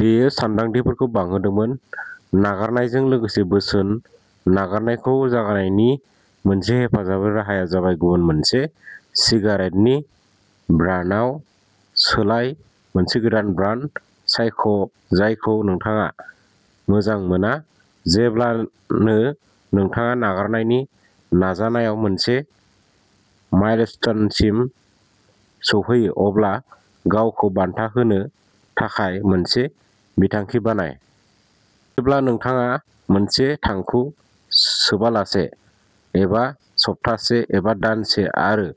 बेयो सान्दांथिफोरखौ बांहोदोंमोन। नागारनायजों लोगोसे। बोसोन! नागारनायखौ जागायनायनि मोनसे हेफाजाबारि राहाया जाबाय गुबुन मोनसे सिगारेटनि ब्रान्डआव सोलाय। मोनसे गोदान ब्रान्ड सायख'जायखौ नोंथाङा मोजां मोना। जेब्लानो नोंथाङा नागारनायनि नाजानायाव मोनसे माइलस्टोनसिम सौहैयो, अब्ला गावखौ बान्था होनो थाखाय मोनसे बिथांखि बानाय। जेब्ला नोंथाङा सानसे थांखु सोबालासे, एबा सप्तासे, एबा दानसे, आरो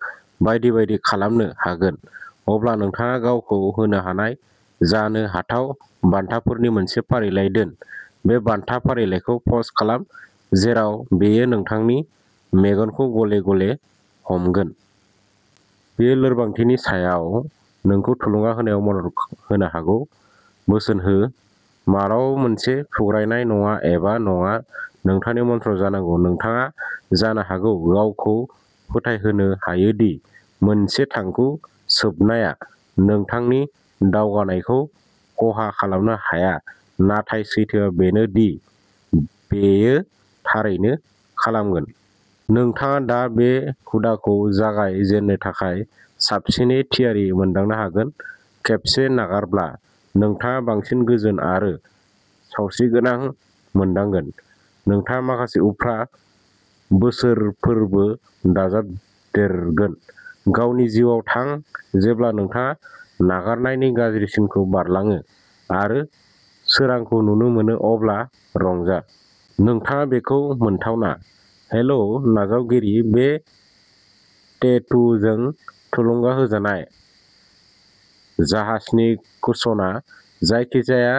बायदि बायदि खालामनो हागोन, अब्ला नोंथाङा गावखौ होनो हानाय जानो हाथाव बान्थाफोरनि मोनसे फारिलाइ दोन। बे बान्था फारिलाइखौ पस्ट खालाम जेराव बेयो नोंथांनि मेगनखौ गले-गले हमगोन। बेयो लोरबांथिनि समाव नोंखौ थुलुंगा होनायाव मदद होनो हागौ। बोसोन हो! "माब्लाबाबो मोनसे फुग्रायनाय नङा" एबा "नङा" नोंथांनि मन्त्र जानांगौ। नोंथाङा जानो हागौ गावखौ फोथायहोनो हायो दि मोनसे थांखु सोबनाया नोंथांनि दावगानायखौ खहा खालामनो हाया, नाथाय सैथोआ बेनो दि बेयो थारैनो खालामगोन। नोंथाङा दा बे हुदाखौ जागाय जेननो थाखाय साबसिनै थियारि मोनदांनो हागोन। खेबसे नागारब्ला, नोंथाङा बांसिन गोजोन आरो सावस्रिगोनां मोनदांगोन। नोंथाङा माखासे उफ्रा बोसोरफोरबो दाजाबदेरगोन। गावनि जिउआव थां। जेब्ला नोंथाङा नागारनायनि गाज्रिसिनखौ बारलाङो आरो सोरांखौ नुनो मोनो, अब्ला रंजा! नोंथाङा बेखौ मोनथावना! हेलो नावजावगिरि! बे टेटुजों थुलुंगा होजानाय जाहाजनि कुशनआ जायखिजाया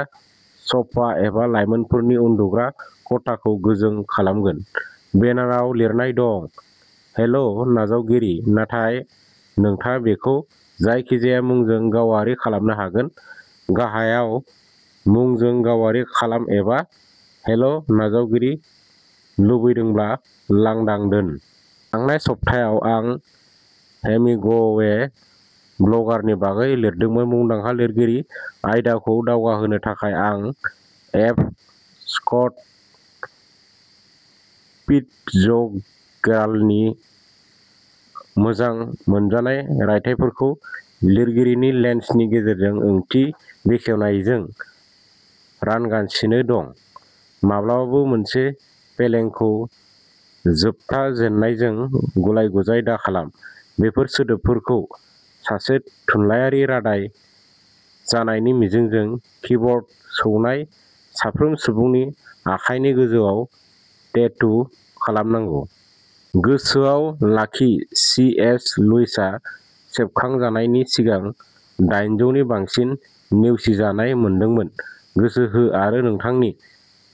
स'फा एबा लाइमोनफोरनि उन्दुग्रा खथाखौ गोजों खालामगोन। बेनाराव लिरनाय दं "हेल'नावजावगिरि! " नाथाय नोंथाङा बेखौ जायखिजाया मुंजों गावारि खालामनो हागोन। गाहायाव मुंजों गावारि खालाम एबा हेल'नावजावगिरि लुबैदोंब्ला लांदां दोन! थांनाय सप्तायाव, आं हेमिंगवे, ब्लगारनि बागै लिरदोंमोन। मुंदांखा-लिरगिरि आयदाखौ दावगाहोनो थाखाय, आं एफ. स्कट फ्टिजगेराल्डनि मोजां मोनजानाय रायथाइफोरखौ-लिरगिरिनि लेन्सनि गेजेरजों ओंथि बेखेवनायजों-रानगासिनो दं। "माब्लाबाबो मोनसे फेलेंखौ जोबथा जेननायजों गुलाय-गुजाय दाखालाम। " बेफोर सोदोबफोरखौ सासे थुनलायारि रादाय जानायनि मिजिंजों किबर्ड सौनाय साफ्रोम सुबुंनि आखाइनि गोजौआव टेटु खालामनांगौ। गोसोआव लाखि, सी. एस. लुइसआ सेबखांजानायनि सिगां दाइनजौनि बांसिन नेवसिजानाय मोनदोंमोन। गोसो हो आरो नोंथांनि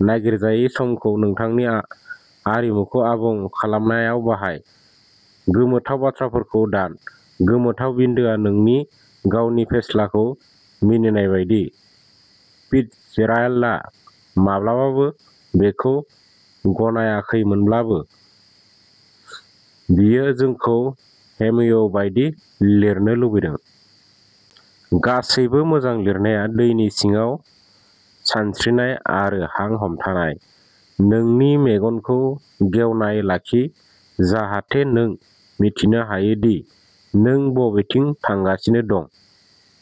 "नागिरजायै" समखौ नोंथांनि आरिमुखौ आबुं खालामनायाव बाहाय। "गोमोथाव बाथ्राफोरखौ दान। गोमोथाव बिन्दोआ नोंनि गावनि फेस्लाखौ मिनिनाय बायदि। "फिटजेराल्डआ माब्लाबाबो बेखौ गनायाखैमोनब्लाबो, बियो जोंखौ हेमिंवे बायदि लिरनो बुंदों। " गासैबो मोजां लिरनाया दैनि सिङाव सानस्रिनाय आरो हां हमथानाय। "नोंनि मेगनखौ गेवनाय लाखि जाहाथे नों मिथिनो हायो दि नों बबेथिं थांगासिनो दं।